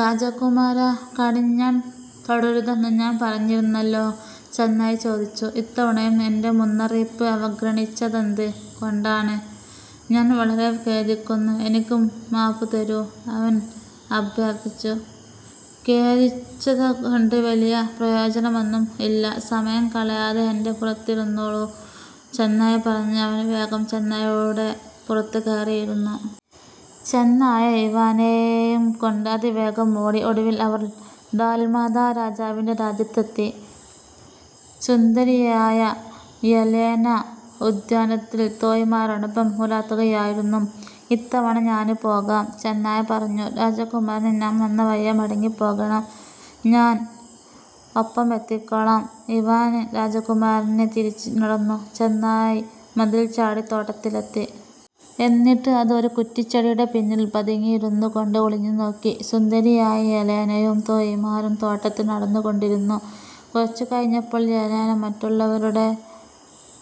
"രാജകുമാരാ, കടിഞ്ഞാണ് തൊടരുതെന്നു ഞാന് പറഞ്ഞിരുന്നല്ലോ! " ചെന്നായ് ചോദിച്ചു. "ഇത്തവണയും എന്റെ മുന്നറിയിപ്പ് അവഗ്രണിച്ചതെന്ത് കൊണ്ടാണ്? " "ഞാന് വളരെ ഖേദിക്കുന്നു. എനിക്കു മാപ്പുതരൂ. " ഇവാന് അഭ്യര്ത്ഥിച്ചു. "ഖേദിച്ചതുകൊണ്ടു വലിയ പ്രയോജനമൊന്നും ഇല്ല. സമയം കളയാതെ എന്റെ പുറത്തിരുന്നോളൂ" ചെന്നായ പറഞ്ഞു. ഇവാന് വേഗം ചെന്നായയുടെ പുറത്തു കയറി ഇരുന്നു. ചെന്നായ ഇവാനേയുംകൊണ്ടു അതിവേഗം ഓടി. ഒടുവില് അവര് ദാല്മാത രാജാവിന്റെ രാജ്യത്തെത്തി. സുന്ദരിയായ യെലേന ഉദ്യാനത്തില് തോഴിമാരോടൊപ്പം ഉലാത്തുകയായിരുന്നു. "ഇത്തവണ ഞാന് പോകാം" ചെന്നായ പറഞ്ഞു. "രാജകുമാരന് നാം വന്ന വഴിയെ മടങ്ങിപ്പോകണം. ഞാന് ഒപ്പമെത്തിക്കോളാം. " ഇവാന് രാജകുമാരന് തിരിച്ചു നടന്നു. ചെന്നായ് മതില് ചാടി തോട്ടത്തിലെത്തി. എന്നിട്ട് അത് ഒരു കുററിച്ചെടിയുടെ പിന്നില് പതുങ്ങിയിരുന്നു കൊണ്ട് ഒളിഞ്ഞുനോക്കി. സുന്ദരിയായ യെലേനയും തോഴിമാരും തോട്ടത്തില് നടന്നുകൊണ്ടിരുന്നു. കുറച്ചുകഴിഞ്ഞപ്പോള് യെലേന മററുള്ളവരുടെ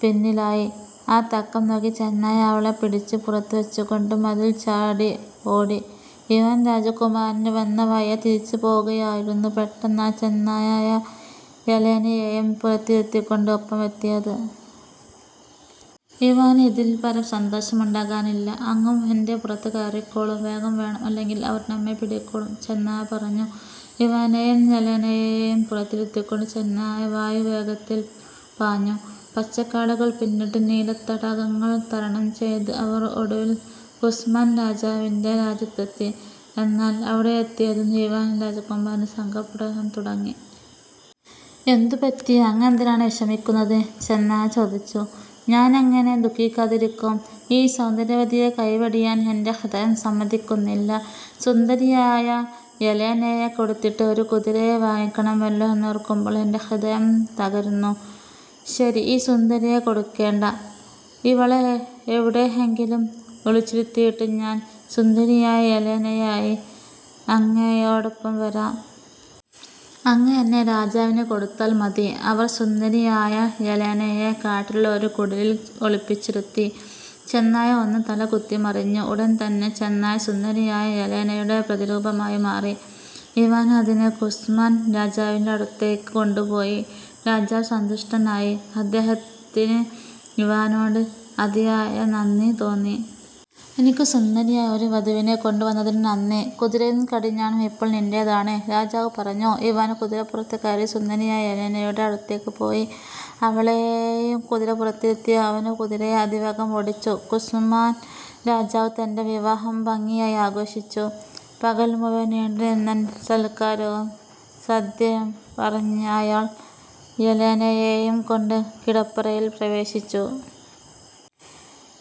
പിന്നിലായി. ആ തക്കംനോക്കി ചെന്നായ അവളെ പിടിച്ച് പുറത്തു വച്ചുകൊണ്ടു മതില് ചാടി ഓടി. ഇവാന് രാജകുമാരന് വന്നവഴിയെ തിരിച്ചുപോവുകയായിരുന്നു. പെട്ടെന്നാണ് ചെന്നായ യെലേനയേയും പുറത്തിരുത്തിക്കൊണ്ട് ഒപ്പമെത്തിയത്. ഇവാന് ഇതില്പ്പരം സന്തോഷം ഉണ്ടാകാനില്ല! "അങ്ങും എന്റെപുറത്തു കയറിക്കോളൂ. വേഗം വേണം. അല്ലെങ്കില് അവര് നമ്മെ പിടികൂടും" ചെന്നായ പറഞ്ഞു. ഇവാനെയും യെലേനയേയും പുറത്തിരുത്തിക്കൊണ്ട് ചെന്നായ വായുവേഗത്തില് പാഞ്ഞു. പച്ചക്കാടുകള് പിന്നിട്ട് നീലത്തടാകങ്ങള് തരണം ചെയ്ത് അവര് ഒടുവില് കുസ്മാന് രാജാവി െറ രാജ്യത്തെത്തി. എന്നാല് അവിടെയെത്തിയതും ഇവാന് രാജകുമാരന് സങ്കടപ്പെടാന് തുടങ്ങി. "എന്തു പറ്റി? അങ്ങേന്തിനാണ് വിഷമിക്കുന്നത്? " ചെന്നായ ചോദിച്ചു. "ഞാനെങ്ങിനെ ദുഃഖിക്കാതിരിക്കും? ഈ സൌന്ദര്യവതിയെ കൈവെടിയാന് എന്റെ ഹൃദയം സമ്മതിക്കുന്നില്ല. സുന്ദരിയായ യെലേനയെ കൊടുത്തിട്ട് ഒരു കുതിരയെ വാങ്ങണമല്ലോ എന്നോര്ക്കുമ്പോള് എന്റെ ഹൃദയം തകരുന്നു. " "ശരി. ഈ സുന്ദരിയെ കൊടുക്കേണ്ട. ഇവളെ എവിടെയെങ്കിലും ഒളിച്ചിരുത്തിയിട്ട് ഞാന് സുന്ദരിയായ യെലേനയായി അങ്ങയോടൊപ്പം വരാം. അങ്ങ് എന്നെ രാജാവിന് കൊടുത്താല് മതി. " അവര് സുന്ദരിയായ യെലേനയെ കാട്ടിലുള്ള ഒരു കുടിലില് ഒളിപ്പിച്ചിരുത്തി. ചെന്നായ ഒന്നു തലകുത്തിമറിഞ്ഞു. ഉടന്തന്നെ ചെന്നായ സുന്ദരിയായ യെലേനയുടെ പ്രതിരൂപമായി മാറി! ഇവാന് അതിനെ കുസ്മാന് രാജാവിന്റെ അടുത്തേയ്ക്ക് കൊണ്ടുപോയി. രാജാവ് സന്തുഷ്ടനായി. അദ്ദേഹത്തിന് ഇവാനോട് അതിയായ നന്ദി തോന്നി. "എനിക്ക് സുന്ദരിയായ' ഒരു വധുവിനെ കൊണ്ടുവന്നതിനു നന്ദി. കുതരയും കടിഞ്ഞാണും ഇപ്പോള് നിന്റേതാണ്! " രാജാവു പറഞ്ഞു ഇവാന് കുതിരപ്പുറത്തു കയറി സുന്ദരിയായ യെലേനയുടെ അടുത്തേക്കു പോയി. അവളേയും കതിരപ്പുറത്തിരുത്തി അവന് കുതിരയെ അതിവേഗം ഓടിച്ചു. കുസ്മാന് രാജാവ് തന്റെ വിവാഹം ഭംഗിയായി ആഘോഷിച്ചു. പകല് മുഴുവന് നീണ്ടുനിന്ന സല്ക്കാരവും സദ്യയും കഴിഞ്ഞു അയാള് യെലേനയേയും കൊണ്ടു കിടപ്പറയില് പ്രവേശിച്ചു.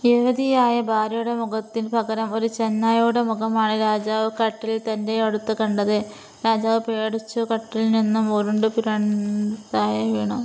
യുവതിയായ ഭാര്യയുടെ മുഖത്തിനു പകരം ഒരു ചെന്നായുടെ മുഖമാണ് രാജാവ് കട്ടിലില് തന്റെയടുത്ത് കണ്ടത്. രാജാവ് പേടിച്ചു കട്ടിലില്നിന്നും ഉരുണ്ടു പിരണ്ടു താഴെ വീണു.